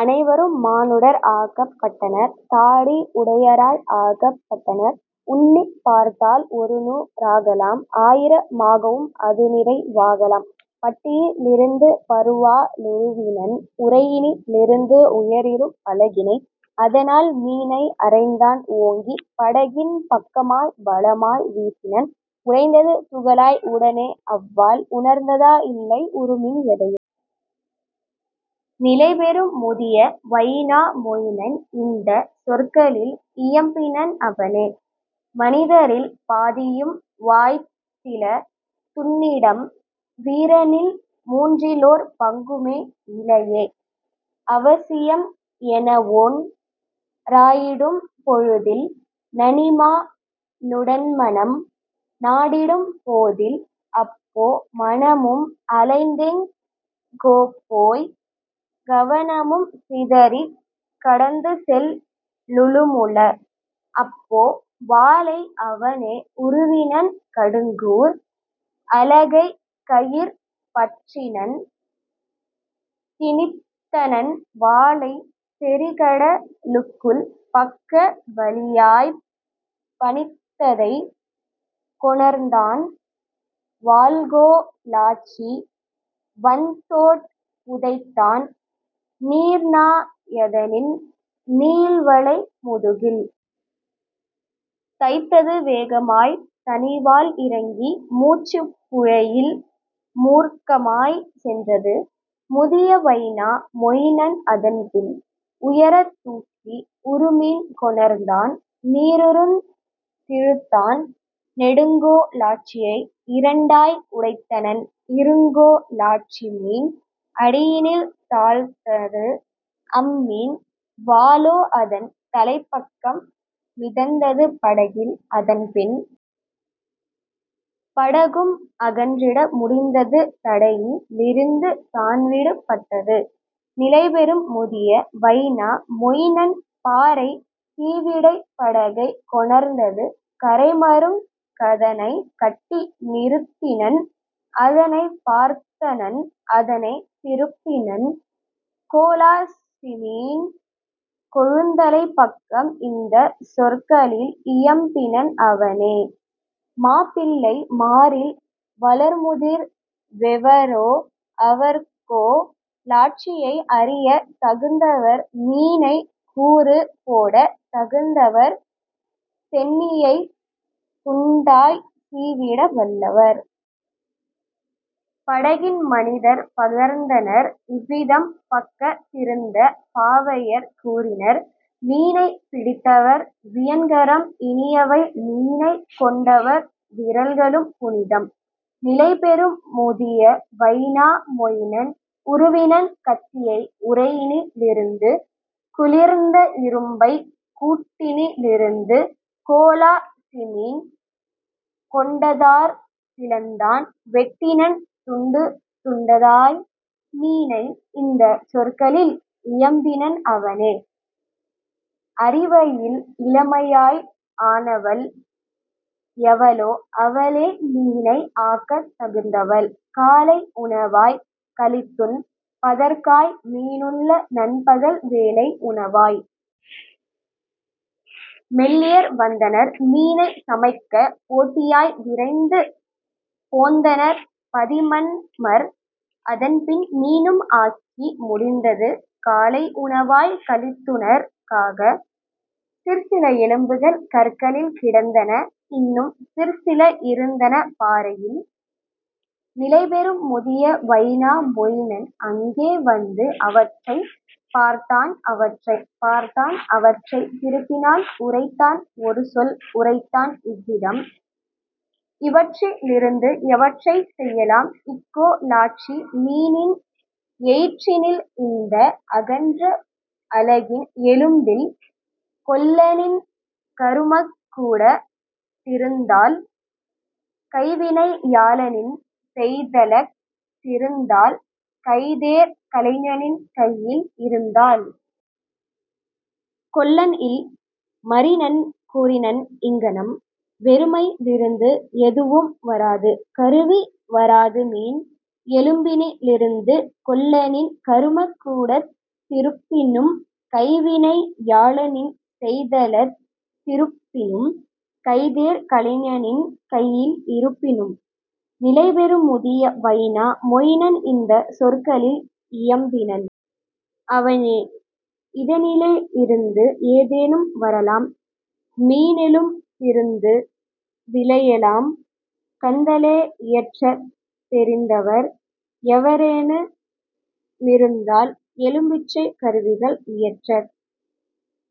"அனைவரும் மானுடர் ஆக்கப் பட்டனர் தாடி உடையராய் ஆக்கப் பட்டனர் உன்னிப் பார்த்தால் ஒருநூ றாகலாம் ஆயிர மாகவும் அதுநிறை வாகலாம். " பட்டியி லிருந்து பருவா ளுருவினன் உறையினி லிருந்து உயரிரும் பலகினை அதனால் மீனை அறைந்தான் ஓங்கி படகின் பக்கமாய்ப் பலமாய் வீசினன்: உடைந்தது துகளாய் உடனே அவ்வாள் உணர்ந்ததா யில்லை உறுமீன் எதையும். நிலைபெறும் முதிய வைனா மொயினன் இந்தச் சொற்களில் இயம்பினன் அவனே: "மனிதரில் பாதியும் வாய்த்தில துன்னிடம் வீரனில் மூன்றிலோர் பங்குமே யிலையே. அவசியம் எனஒன் றாயிடும் பொழுதில் நனிமா னுடன்மனம் நாடிடும் போதில் அப்போ மனமும் அலைந்தெங் கோபோய் கவனமும் சிதறிக் கடந்துசெல் லலுமுள. " அப்போ வாளை அவனே உருவினன் கடுங்கூர் அலகைக் கையிற் பற்றினன் திணித்தனன் வாளைச் செறிகட லுக்குள் பக்க வழியாய்ப் பணித்ததைக் கொணர்ந்தான் வாள்கோ லாச்சி வன்தோட் புதைத்தான் நீர்நா யதனின் நீள்வளை முதுகில். தைத்தது வேகமாய்த் தனிவாள் இறங்கி மூச்சுப் புழையில் மூர்க்கமாய்ச் சென்றது; முதிய வைனா மொயினன் அதன்பின் உயரத் தூக்கி உறுமீன் கொணர்ந்தான் நீரிருந் திழுத்தான் நெடுங்கோ லாச்சியை இரண்டாய் உடைத்தனன் இருங்கோ லாச்சிமீன் அடியினில் தாழ்ந்தது அம்மீன் வாலோ அதன் தலைப்பக்கம் மிதந்தது படகில். அதன்பின் படகும் அகன்றிட முடிந்தது தடையி லிருந்தது தான்விடு பட்டது; நிலைபெறும் முதிய வைனா மொயினன் பாறைத் தீவிடைப் படகைக் கொணர்ந்து கரைமருங் கதனைக் கட்டி நிறுத்தினன் அதனைப் பார்த்தனன் அதனைத் திருப்பினன் கோலாச் சிமீன் கொழுந்தலைப் பக்கம் இந்தச் சொற்களில் இயம்பினன் அவனே: "மாப்பிள்ளை மாரில் வளர்முதிர் வெவரோ அவர்கோ லாச்சியை அரியத் தகுந்தவர் மீனைக் கூறு போடத் தகுந்தவர் சென்னியைத் துண்டாய்ச் சீவிட வல்லவர். " படகின் மனிதர் பகர்ந்தனர் இவ்விதம் பக்கத் திருந்த பாவையர் கூறினர்: "மீனைப் பிடித்தவர் வியன்கரம் இனியவை மீனைக் கொண்டவர் விரல்களும் புனிதம். " நிலைபெறும் முதிய வைனா மொயினன் உருவினன் கத்தியை உறையினி லிருந்து குளிர்ந்த இரும்பைக் கூட்டினி லிருந்து கோலாச் சிமீன் கொண்டதாற் பிளந்தான் வெட்டினன் துண்டு துண்டதாய் மீனை இந்தச் சொற்களில் இயம்பினன் அவனே: "அரிவையில் இளமையாய் ஆனவள் எவளோ அவளே மீனை ஆக்கத் தகுந்தவள் காலை உணவாய்க் களித்துண் பதற்காய் மீனுள்ள நண்பகல் வேளை உணவாய். " மெல்லியர் வந்தனர் மீனைச் சமைக்க போட்டியாய் விரைந்து போந்தனர் பதின்மர் அதன்பின் மீனும் ஆக்கி முடிந்தது காலை உணவாய்க் களித்துணற் காக; சிற்சில எலும்புகள் கற்களில் கிடந்தன இன்னும் சிற்சில இருந்தன பாறையில். நிலைபெறும் முதிய வைனா மொயினன் அங்கே வந்து அவற்றைப் பார்த்தான் அவற்றைப் பார்த்தான் அவற்றைத் திருப்பினான் உரைத்தான் ஒருசொல் உரைத்தான் இவ்விதம்: "இவற்றி லிருந்து எவற்றைச் செய்யலாம் இக்கோ லாச்சி மீனின் எயிற்றினில் இந்த அகன்ற அலகின் எலும்பில் கொல்லனின் கருமக் கூடத் திருந்தால் கைவினை யாளனின் செய்தலத் திருந்தால் கைதேர் கலைஞனின் கையில் இருந்தால்? " கொல்லன்இல் மரினன் கூறினன் இங்ஙனம்: "வெறுமையி லிருந்து எதுவும் வராது கருவி வராதுமீன் எலும்பினி லிருந்து கொல்லனின் கருமக் கூடத் திருப்பினும் கைவினை யாளனின் செய்தலத் திருப்பினும் கைதேர் கலைஞனின் கையில் இருப்பினும். " நிலைபெறும் முதிய வைனா மொயினன் இந்தச் சொற்களில் இயம்பினன் அவனே: "இதனிலே யிருந்து ஏதேனும் வரலாம் மீனெலும் பிருந்து விளையலாம் கந்தலே இயற்றத் தெரிந்தவர் எவரெனு மிருந்தால் எலும்பிசைக் கருவிகள் இயற்றத்